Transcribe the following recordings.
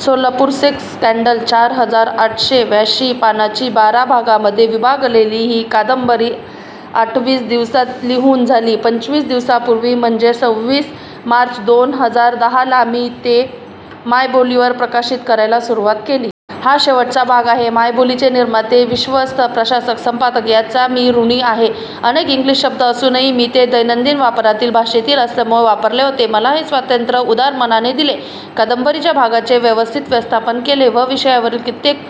Solapur sex scandal चार हजार आटशे ब्यांशी पानांची बारा भागांमधे विभागलेली ही कादंबरी आठावीस दिवसात लिहून झाली. पंचवीस दिवसांपुर्वी, म्हणजे सवीस मार्च दोन हजार दहा ला मी ती मायबोलीवर प्रकाशित करायला सुरुवात केली. हा शेवटचा भाग आहे. मायबोलीचे निर्माते, विश्वस्त, प्रशासक, संपादक यांचा मी ऋणी आहे. अनेक इंग्लिश शब्द असूनही मी ते दैनंदिन वापरातील भाषेतील असल्यामुळे वापरले होते. मला हे स्वातंत्र्य उदार मनाने दिले, कादंबरीच्या भागांचे व्यवस्थित व्यवस्थापन केले व विषयातील कित्येक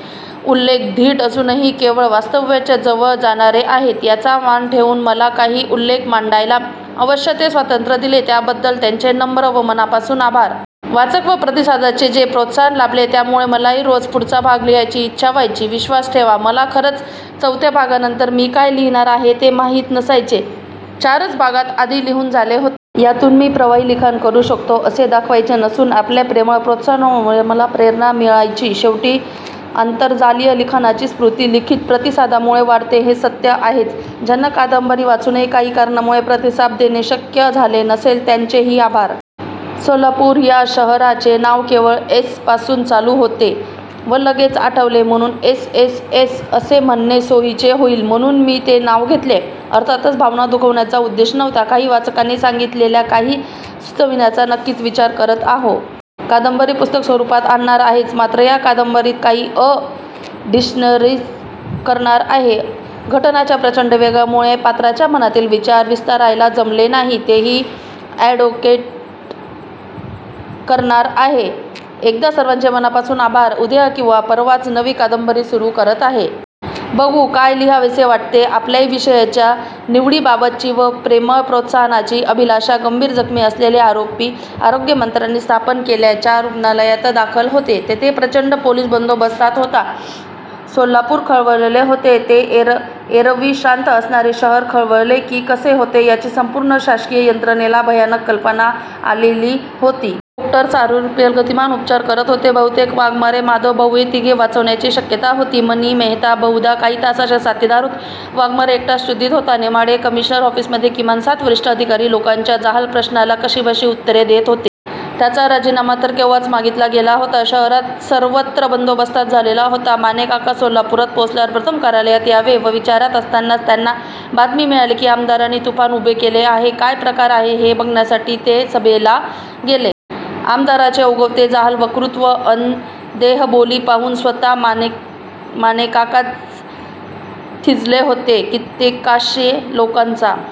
उल्लेख धीट असूनही केवळ वास्तवाच्या जवळ जाणारे आहेत याचा मान ठेवून मला काही उल्लेख मांडायला आवश्यक ते स्वातंत्र्य दिले याबद्दल त्यांचे नम्र व मनापासून आभार! वाचक व प्रतिसादकांचे जे प्रोत्साहन लाभले त्यामुळे मलाही रोज पुढचा भाग लिहायची इच्छा व्हायची. विश्वास ठेवा, मला खरच चवथ्या भागानंतर मी काय लिहिणार आहे ते माहीत नसायचे. चारच भाग आधी लिहून झाले होते.. यातून मी प्रवाही लिखाण करू शकतो असे दाखवायचे नसून आपल्या प्रेमळ प्रोत्साहनामुळे मला प्रेरणा मिळायची. शेवटी आंतरजालीय लिखाणाची स्फुर्ती लिखित प्रतिसादांमुळे वाढते हे सत्य आहेच. ज्यांना कादंबरी वाचूनही काही कारणामुळे प्रतिसाद देणे शक्य झाले नसेल त्यांचेही आभार! सोलापूर या शहराचे नाव केवळ 'एस' पासून चालू होते व ते लगेच आठवले म्हणून 'एस्. एस्. एस' असे म्हणणे सोयीचे होईल म्हणून मी ते नाव घेतले. अर्थातच भावना दुखावण्याचा उद्देश नव्हता. काही वाचकांनी सांगीतलेल्या काही सुचवणींचा नक्कीच विचार करतो आहे. कादंबरी पुस्तक स्वरुपात आणणार आहेच. मात्र या कादंबरीत काही अॅडिशन्सही करणार आहे. घटनांच्या प्रचंड वेगामुळे पात्रांच्या मनातील विचार विस्तारायला जमले नाही. तेही अॅड करणार आहे. एकदा सर्वांचे मनापासून आभार! उद्या किंवा परवाच नवी कादंबरी सुरू करत आहे. बघू काय लिहावेसे वाटते. आपल्याही विषयाच्या निवडीबाबतची व प्रेमळ प्रोत्साहनाची अभिलाषा! गंभीर जखमी असलेले आरोपी आरोग्यमंत्र्यांनी स्थापन केलेल्याच रुग्णालयात दाखल होते. तेथे प्रचंड पोलिस बंदोबस्त होता. सोलापूर खवळलेले होते. हे एरवी शांत असणारे शहर खवळले की कसे होते याची संपूर्ण शासकीय यंत्रणेला भयानक कल्पना आलेली होती. डॊक्टर्स आरोपींवर गतिमान उपचार करत होते. बहुतेक वाघमारे, माधव, भाऊ हे तिघे वाचण्याची शक्यता होती. मणी, मेहता बहुधा काही तासांचेच साथीदार होते. वाघमारे एकटाच शुद्धीत होता. नेमाडे कमिशनर ऒफ़ीसमधे किमान सात वरिष्ठ अधिकारी लोकांच्या जहाल प्रश्नांना कशीबशी उत्तरे देत होते. त्यांचा राजीनामा तर केव्हाच मागीतला गेला होता. शहरात सर्वत्र बंदोबस्त झाला होता. मानेकाका सोलापुरात पोचल्यावर प्रथम कार्यालयात जावे या विचारात असतानाच त्यांना बातमी मिळाली की आमदारांनी तुफ़ान उभे केले आहे. काय प्रकार आहे हे बघण्यासाठी ते सभेला गेले. आमदारांचे ओघवते जहाल वक्तृत्व अन देहबोली पाहून स्वत: मानेकाकाच थिजले होते. कित्येकशे लोकांचा--